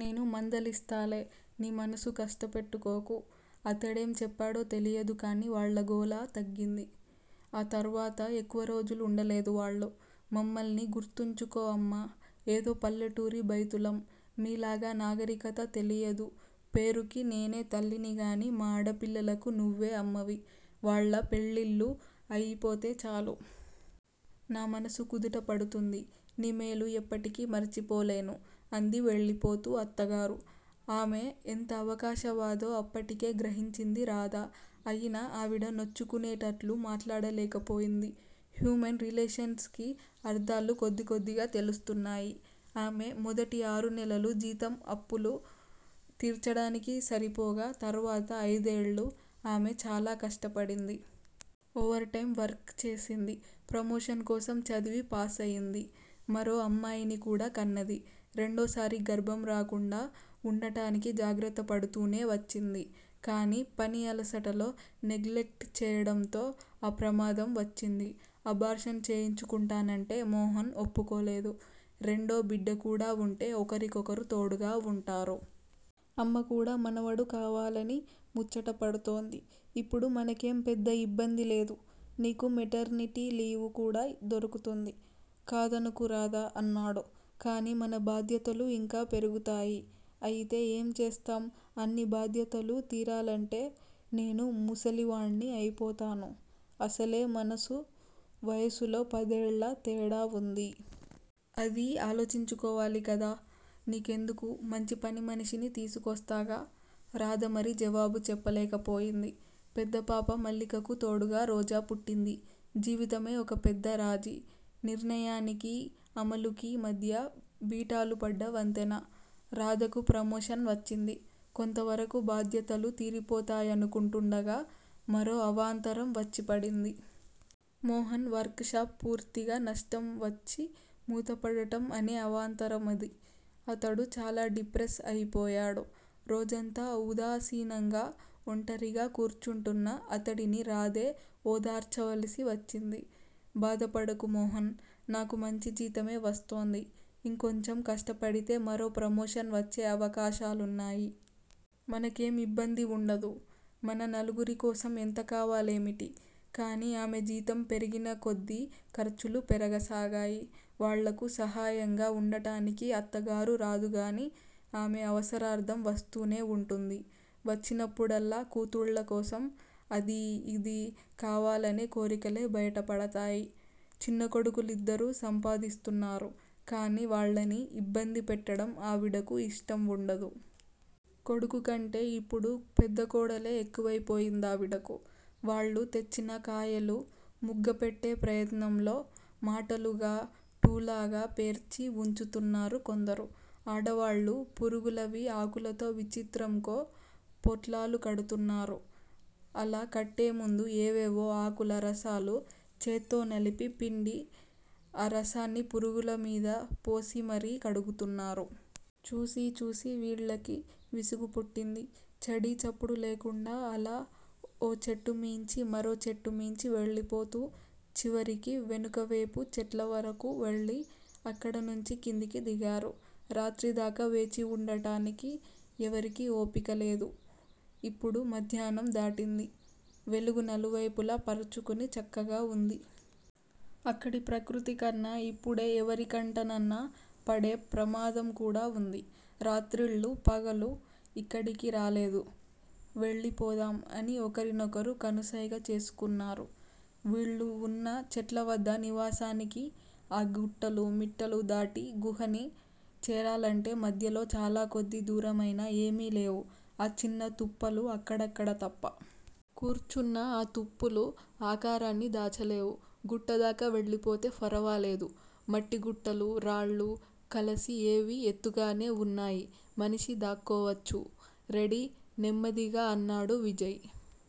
నేను మందలిస్తాలే నీ మనసు కష్టపెట్టుకోకు. అతడేం చెప్పాడో తెలియదుకాని వాళ్ళ గోల తగ్గింది. ఆ తర్వాత ఎక్కువ రోజులుండలేదు వాళ్ళు. మమ్మల్ని గుర్తుంచుకో అమ్మా! ఏదో పల్లెటూరి బైతులం మీలాగా నాగరికత తెలియదు పేరుకి నేనే తల్లినిగాని మా ఆడపిల్లలకు నువ్వే అమ్మవి. వాళ్ళ పెళ్ళిళ్ళు అయిపోతే చాలు. నా మనసు కుదుట పడుతుంది. నీ మేలు ఎప్పటికీ మర్చిపోలేను అంది వెళ్ళిపోతూ అత్తగారు. ఆమె ఎంత అవకాశవాదో అప్పటికే గ్రహించింది రాధ అయినా ఆవిడ నొచ్చుకునేటట్లు మాట్లాడలేకపోయింది. హ్యూమన్ రిలేషన్స్ కి అర్ధాలు కొద్దికొద్దిగా తెలుస్తున్నాయి. ఆమె మొదటి ఆరునెలలు జీతం అప్పులు తీర్చడానికి సరిపోగా తర్వాత అయిదేళ్ళు ఆమె చాలా కష్టపడింది. ఓవర్ టైం వర్క్ చేసింది. ప్రమోషన్ కోసం చదివి పాసయింది. మరో అమ్మాయిని కూడా కన్నది. రెండోసారి గర్భం రాకుండా వుండటానికి జాగ్రత్తపడుతూనే వచ్చింది. కాని పని అలసటలో నెగ్లెక్ట్ చేయడంతో ఆ ప్రమాదం వచ్చింది. అబార్షన్ చేయించుకుంటానంటే మోహన్ ఒప్పుకోలేదు. రెండో బిడ్డకూడా వుంటే ఒకరికొకరు తోడుగా వుంటారు. అమ్మకూడా మనవడు కావాలని ముచ్చటపడుతోంది ఇప్పుడు మనకేం పెద్ద యిబ్బందిలేదు. నీకు మెటర్నిటీ లీవు కూడా దొరుకుతుంది. కాదనకు రాధా! అన్నాడు. కాని మన బాధ్యతలు యింకా పెరుగుతాయి. అయితే ఏం చేస్తాం అన్ని బాధ్యతలూ తీరాలంటే నేను ముసలి వాణ్ని అయిపోతాను. అసలే మనసు వయసులో పదేళ్ళ తేడా వుందీ. అదీ ఆలోచించుకోవాలి కదా నీకెందుకు? మంచి పనిమనిషిని తీసుకొస్తాగా. రాధ మరి జవాబు చెప్పలేకపోయింది. పెద్దపాప మల్లికకు తోడుగా 'రోజా' పుట్టింది. జీవితమే ఒక పెద్ద రాజీ. నిర్ణయానికీ, అమలుకీ మధ్య బీటలుపడ్డ వంతెన. రాధకు ప్రమోషన్ వచ్చింది. కొంతవరకు బాధ్యతలు తీరిపోతాయనుకుంటుండగా మరో అవాంతరం వచ్చిపడింది. మోహన్ వర్క్ షాప్ పూర్తిగా నష్టం వచ్చి మూతపడటం అనే అవాంతరం అది. అతడు చాలా డిప్రెస్ అయిపోయాడు. రోజంతా ఉదాసీనంగా ఒంటరిగా కూర్చుంటున్న అతడిని రాధే ఓదార్చవలసి వచ్చింది. బాధపడకు మోహన్! నాకు మంచి జీతమే వస్తోంది. ఇంకొంచెం కష్టపడితే మరో ప్రమోషన్ వచ్చే అవకాశాలున్నాయి. మనకేం ఇబ్బంది వుండదు. మన నలుగురికోసం ఎంత కావాలేమిటి? కాని ఆమె జీతం పెరిగినకొద్దీ ఖర్చులూ పెరగసాగాయి. వాళ్ళకు సహాయంగా వుండటానికి అత్తగారు రాదుగానీ, ఆమె అవసరార్ధం వస్తూనే వుంటుంది. వచ్చినప్పుడల్లా కూతుళ్ళ కోసం అదీ, ఇదీ కావాలనే కోరికలే బయటపడతాయి. చిన్నకొడుకులిద్దరూ సంపాదిస్తున్నారు. కాని వాళ్ళని యిబ్బంది పెట్టడం ఆవిడకు యిష్టం వుండదు. కొడుకుకంటే యిప్పుడు పెద్దకోడలే ఎక్కువయిపోయిందావిడకు. వాళ్ళు తెచ్చిన కాయలు ముగ్గపెట్టె ప్రయత్నంలో మూటలు గా టులాగా పేర్చి వుంచుతున్నారు కొందరు. ఆడవాళ్ళు పురుగులవి ఆకులతో విచిత్రంకో పొట్లాలు కడుతున్నారు. అలా కట్టేముందు ఏవేవో ఆకుల రసాలు చేత్తో నలిపి పిండి ఆ రసాన్ని పురుగులమీద పోసి మరీ కడుగుతున్నారు. చూసి చూసి వీళ్ళకి విసుగపుట్టింది. చడీ చప్పుడు లేకుండా అలా ఓ చెట్టుమీంచి మరో చెట్టుమీంచి వెళ్ళిపోతూ చివరికి వెనుకవేపు చెట్లవరకూ వెళ్ళి అక్కడ నుంచి కిందికి దిగారు. రాత్రిదాకా వేచివుండటానికి ఎవరికీ ఓపిక అనిపించలేదు. ఇప్పుడు మధ్యాహ్నం దాటింది. వెలుగు నలువైపులా పరుచుకుని చక్కగావుంది. అక్కడి ప్రకృతి కాని ఇప్పుడే ఎవరికంటనన్నా పడే ప్రామాదంకూడా వుంది. రాత్రిళ్ళు పగలు యిక్కడికి రాలేదు. వెళ్ళిపోదాం అని ఒకరినొకరు కనుసైగ చేసుకున్నారు. వీళ్ళువున్న చెట్లవద్ద నివాసానికి ఆ గుట్టలు మిట్టలు దాటి గుహని చేరాలంటే మధ్యలో చాలాకొద్ది దూరమైనా ఏమీలేవు ఆ చిన్న తుప్పలు అక్కడక్కడ తప్ప. కూర్చున్నా ఆతుప్పులు ఆకారాన్ని దాచాలేవు. గుట్టదాకా వెళ్ళిపోతే ఫరవాలేదు. మట్టిగుట్టలు రాళ్ళు కలసి ఏవి ఎత్తుగానే వున్నాయి మనిషి దాక్కోవచ్చు. రెడీ నెమ్మదిగా అన్నాడు విజయ్.